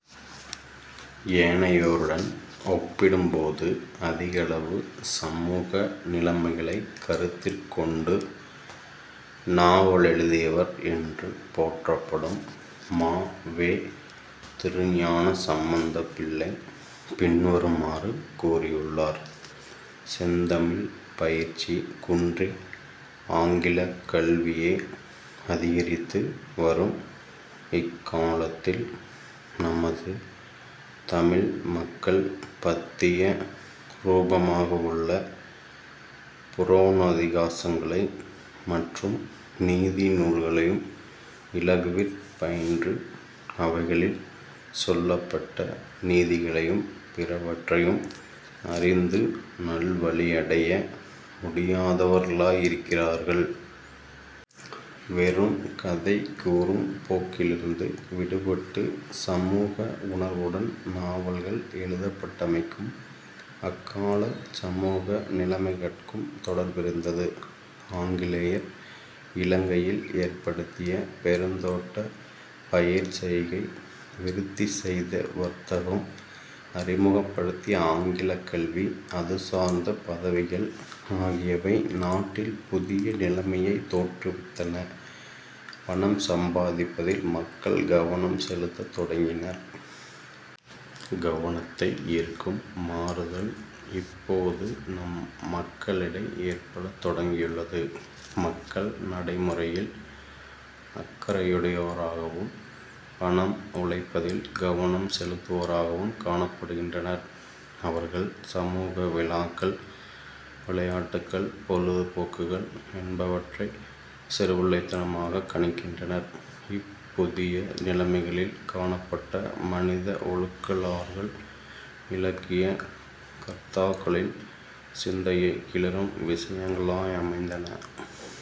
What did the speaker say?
ஏனையோருடன் ஒப்பிடும்போது அதிகளவு சமூக நிலைமைகளைக் கருத்திற் கொண்டு நாவலெழுதியவர் என்று போற்றப்படும் ம. வே. திருஞானசம்பந்தபிள்ளை பின்வருமாறு கூறியுள்ளார். "செந்தமிழ்ப் பயிற்சி குன்றி ஆங்கிலக் கல்வியே அதிகரித்து வரும் இக் காலத்தில் நமது தமிழ் மக்கள் பத்திய ரூபமாகவுள்ள புரொணேதிகாசங்களையும் மற்றும் நீதி நூல்களையும் இலகுவிற் பயின்று அவைகளிற் சொல்லப்பட்ட நீதிகளையும் பிறவற்றையும் அறிந்து நல்வழியடைய முடியாதவர்களாயிருக்கிறார்கள். வெறும் கதை கூறும் போக்கிலிருந்து விடுபட்டு சமூக உணர்வுடன் நாவல்கள் எழுதப்பட்டமைக்கும் அக்காலச் சமூக நிலைமைகட்கும் தொடர்பிருந்தது. ஆங்கிலேயர் இலங்கையில் ஏற்படுத்திய பொருந்தோட்டப் பயிர்ச் செய்கை, விருத்தி செய்த வர்த்தகம், அறிமுகப்படுத்திய ஆங்கிலக் கல்வி, அதுசார்ந்த பதவிகள் ஆகியவை நாட்டில் புதிய நிலைமையைத் தோற்றுவித்தன. பணம் சம்பாதிப்பதில் மக்கள் கவனம் செலுத்தத் தொடங்கினர். "கவனத்தை ஈர்க்கும் மாறுதல் இப்போது நம் மக்களிடை ஏற்படத் தொடங்கியுள்ளது. மக்கள் நடை முறையில் அக்கறையுடையோராகவும் பணம் உழைப்பதில் கவனம் செலுத்துவோராகவும் காணப்படுகின்றனர். அவர்கள் சமூக விழாக்கள், விளையாட்டுகள், பொழுது போக்குகள் என்பவற்றைச் சிறுபிள்ளைத்தனமாகக் கணிக்கின்றனர். " இப் புதிய நிலைமைகளில் காணப்பட்ட மனித ஒழுக்கலாறுகள் இலக்கிய கர்த்தாக்களின் சிந்தையைக் கிளறும் விஷயங்களாயமைந்தன.